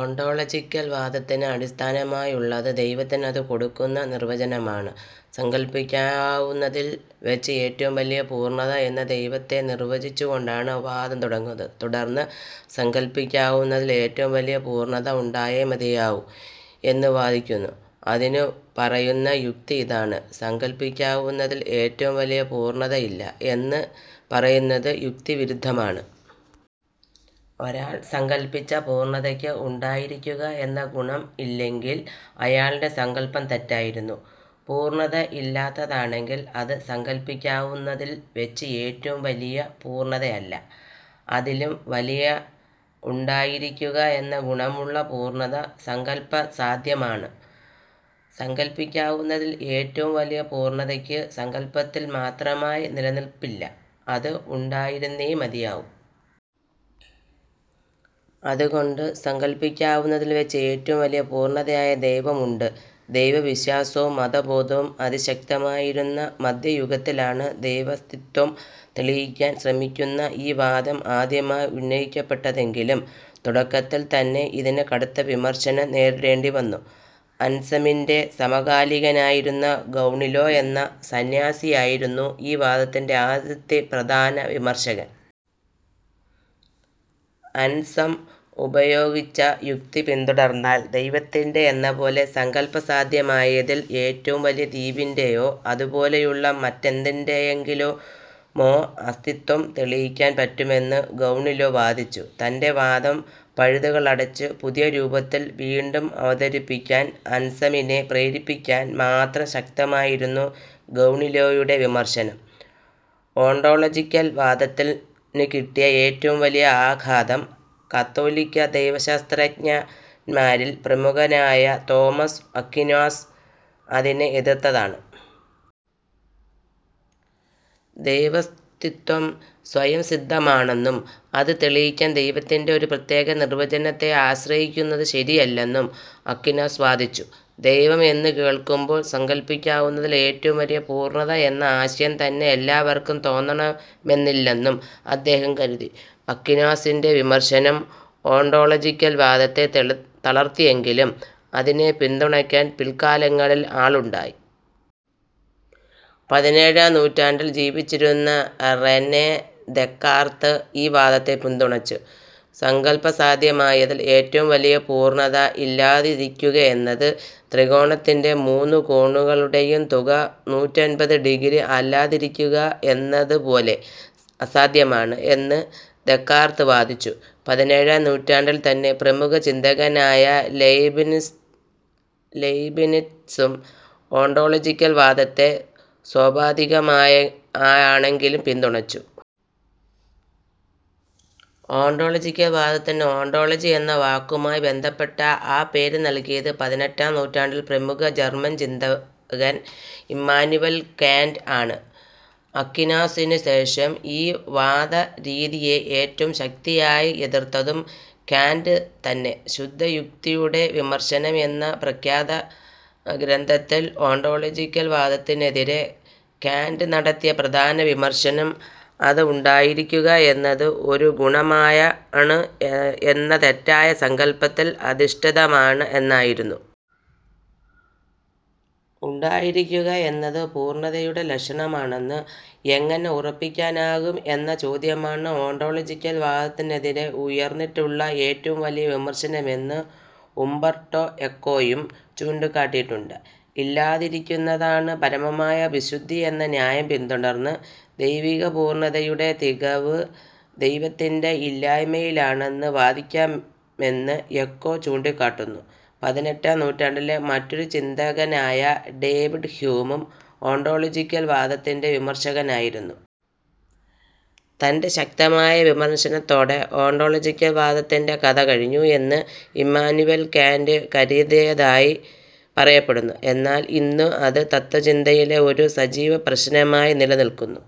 Ontological വാദത്തിന് അടിസ്ഥാനമായുള്ളത് ദൈവത്തിന് അത് കൊടുക്കുന്ന നിർവചനമാണ്. സങ്കൽപ്പിക്കാവുന്നതിൽ വച്ച് ഏറ്റവും വലിയ പൂർണ്ണത എന്ന് ദൈവത്തെ നിർവചിച്ചുകൊണ്ടാണ് വാദം തുടങ്ങുന്നത്. തുടർന്ന് സങ്കൽപ്പിക്കാവുന്നതിൽ ഏറ്റവും വലിയ പൂർണ്ണത ഉണ്ടായേ മതിയാവൂ എന്ന് വാദിക്കുന്നു. അതിന് പറയുന്ന യുക്തി ഇതാണ്. സങ്കൽപ്പിക്കാവുന്നതിൽ ഏറ്റവും വലിയ പൂർണ്ണത ഇല്ല എന്ന് പറയുന്നത് യുക്തിവിരുദ്ധമാണ്. ഒരാൾ സങ്കൽപ്പിച്ച പൂർണ്ണതയ്ക്ക് ഉണ്ടായിരിക്കുക എന്ന ഗുണം ഇല്ലെങ്കിൽ അയാളുടെ സങ്കൽപ്പം തെറ്റായിരുന്നു. പൂർണ്ണത ഇല്ലാത്തതാണെങ്കിൽ അത് സങ്കൽപ്പിക്കാവുന്നതിൽ വച്ച് ഏറ്റവും വലിയ പൂർണ്ണതയല്ല. അതിലും വലിയ ഉണ്ടായിരിക്കുക എന്ന ഗുണമുള്ള പൂർണ്ണത സങ്കൽപ്പസാധ്യമാണ്. സങ്കൽപ്പിക്കാവുന്നതിൽ ഏറ്റവും വലിയ പൂർണ്ണതയ്ക്ക് സങ്കൽപ്പത്തിൽ മാത്രമായി നിലനിൽപ്പില്ല. അത് ഉണ്ടായിരുന്നേ മതിയാവൂ. അതുകൊണ്ട് സങ്കൽപ്പിക്കാവുന്നതിൽ വച്ച് ഏറ്റവും വലിയ പൂർണ്ണതയായ ദൈവം ഉണ്ട്. ദൈവവിശ്വാസവും മതബോധവും അതിശക്തമായിരുന്ന മധ്യയുഗത്തിലാണ് ദൈവാസ്തിത്വം തെളിയിക്കാൻ ശ്രമിക്കുന്ന ഈ വാദം ആദ്യമായി ഉന്നയിക്കപ്പെട്ടതെങ്കിലും തുടക്കത്തിൽ തന്നെ ഇതിന് കടുത്ത വിമർശനം നേരിടേണ്ടിവന്നു. അൻസമിൻ്റെ സമകാലികനായിരുന്ന ഗൗണീലോ എന്ന സന്യാസിയായിരുന്നു ഈ വാദത്തിൻ്റെ ആദ്യത്തെ പ്രധാന വിമർശകൻ. അൻസം ഉപയോഗിച്ച യുക്തി പിന്തുടർന്നാൽ ദൈവത്തിൻ്റെ യെന്നപോലെ സങ്കൽപ്പസാധ്യമായതിൽ ഏറ്റവും വലിയ ദ്വീപിൻ്റെ യോ അതുപോലെയുള്ള മറ്റെന്തിൻ്റെ യെങ്കിലുമോ അസ്തിത്വം തെളിയിക്കാൻ പറ്റുമെന്ന് ഗൗണീലോ വാദിച്ചു. തൻ്റെ വാദം പഴുതുകളടച്ച് പുതിയ രൂപത്തിൽ വീണ്ടും അവതരിപ്പിക്കാൻ അൻസമിനെ പ്രേരിപ്പിക്കാൻ മാത്രം ശക്തമായിരുന്നു ഗൗണീലോയുടെ വിമർശനം. ഓണ്ടോളജിക്കൽ വാദത്തിന് കിട്ടിയ ഏറ്റവും വലിയ ആഘാതം കത്തോലിക്കാ ദൈവശാസ്ത്രജ്ഞന്മാരിൽ പ്രമുഖനായ തോമസ് അക്വീനാസ് അതിനെ എതിർത്തതാണ്. ദൈവാസ്തിത്വം സ്വയംസിദ്ധമാണെന്നും അത് തെളിയിക്കാൻ ദൈവത്തിൻ്റെ ഒരു പ്രത്യേക നിർവചനത്തെ ആശ്രയിക്കുന്നത് ശരിയല്ലെന്നും അക്വീനാസ് വാദിച്ചു. ദൈവം എന്നു കേൾക്കുമ്പോൾ സങ്കൽപ്പിക്കാവുന്നതിൽ ഏറ്റവും വലിയ പൂർണ്ണത എന്ന ആശയം തന്നെ എല്ലാവർക്കും തോന്നണമെന്നില്ലെന്നും അദ്ദേഹം കരുതി. അക്വീനാസിൻ്റെ വിമർശനം ഓണ്ടോളജിക്കൽ വാദത്തെ തളർത്തിയെങ്കിലും അതിനെ പിന്തുണയ്ക്കാൻ പിൽക്കാലങ്ങളിലും ആളുണ്ടായി. പതിനേഴാം നൂറ്റാണ്ടിൽ ജീവിച്ചിരുന്ന റെനെ ദെക്കാർത്ത് ഈ വാദത്തെ പിന്തുണച്ചു. സങ്കൽപ്പസാധ്യമായതിൽ ഏറ്റവും വലിയ പൂർണ്ണത ഇല്ലാതിരിക്കുകയെന്നത് ത്രികോണത്തിൻ്റെ മൂന്ന് കോണുകളുടെയും തുക നൂറ്റെൺപത് ഡിഗ്രി അല്ലാതിരിക്കുക എന്നതുപോലെ അസാധ്യമാണ് എന്ന് ദെക്കാർത്ത് വാദിച്ചു. പതിനേഴാം നൂറ്റാണ്ടിൽ തന്നെ പ്രമുഖ ചിന്തകനായ ലയ്ബ്നിറ്റ്സും ഓണ്ടോളജിക്കൽ വാദത്തെ സോപാധികമായാണെങ്കിലും പിന്തുണച്ചു. ഓണ്ടോളജിക്കൽ വാദത്തിന് ഓണ്ടോളജി എന്ന വാക്കുമായി ബന്ധപ്പെട്ട ആ പേര് നൽകിയത് പതിനെട്ടാം നൂറ്റാണ്ടിൽ പ്രമുഖ ജർമൻ ചിന്തകൻ ഇമ്മാനുവേൽ കാന്റ് ആണ്. അക്വീനാസിനു ശേഷം ഈ വാദരീതിയെ ഏറ്റവും ശക്തിയായി എതിർത്തതും കാന്റ് തന്നെ. ശുദ്ധയുക്തിയുടെ വിമർശനം എന്ന പ്രഖ്യാതഗ്രന്ഥത്തിൽ ഓണ്ടോളജിക്കൽ വാദത്തിനെതിരെ കാന്റ് നടത്തിയ പ്രധാന വിമർശനം അത് ഉണ്ടായിരിക്കുക എന്നത് ഒരു ഗുണമാണ് എന്ന തെറ്റായ സങ്കൽപ്പത്തിൽ അധിഷ്ഠിതമാണ് എന്നായിരുന്നു. ഉണ്ടായിരിക്കുകയെന്നത് പൂർണ്ണതയുടെ ലക്ഷണമാണെന്ന് എങ്ങനെ ഉറപ്പിക്കാനാകും എന്ന ചോദ്യമാണ് ഓണ്ടോളജിക്കൽ വാദത്തിനെതിരെ ഉയർന്നിട്ടുള്ള ഏറ്റവും വലിയ വിമർശനമെന്ന് ഉമ്പർട്ടോ എക്കോയും ചൂണ്ടിക്കാട്ടിയിട്ടുണ്ട്. ഇല്ലാതിരിക്കുന്നതാണ് പരമമായ വിശുദ്ധി എന്ന ന്യായം പിന്തുടർന്ന് ദൈവികപൂർണ്ണതയുടെ തികവ് ദൈവത്തിൻ്റെ ഇല്ലായ്മയിലാണെന്ന് വാദിക്കാമെന്ന് എക്കോ ചൂണ്ടിക്കാട്ടുന്നു. പതിനെട്ടാം നൂറ്റാണ്ടിലെ മറ്റൊരു ചിന്തകനായ ഡേവിഡ് ഹ്യൂമും ഓണ്ടോളജിക്കൽ വാദത്തിൻ്റെ വിമർശകനായിരുന്നു. തൻ്റെ ശക്തമായ വിമർശനത്തോടെ ഓണ്ടോളജിക്കൽ വാദത്തിൻ്റെ കഥ കഴിഞ്ഞു എന്ന് ഇമ്മാനുവേൽ കാന്റ് കരുതിയതായി പറയപ്പെടുന്നു. എന്നാൽ ഇന്നും ഇത് തത്ത്വചിന്തയിലെ ഒരു സജീവപ്രശ്നമായി നിലനിൽക്കുന്നു.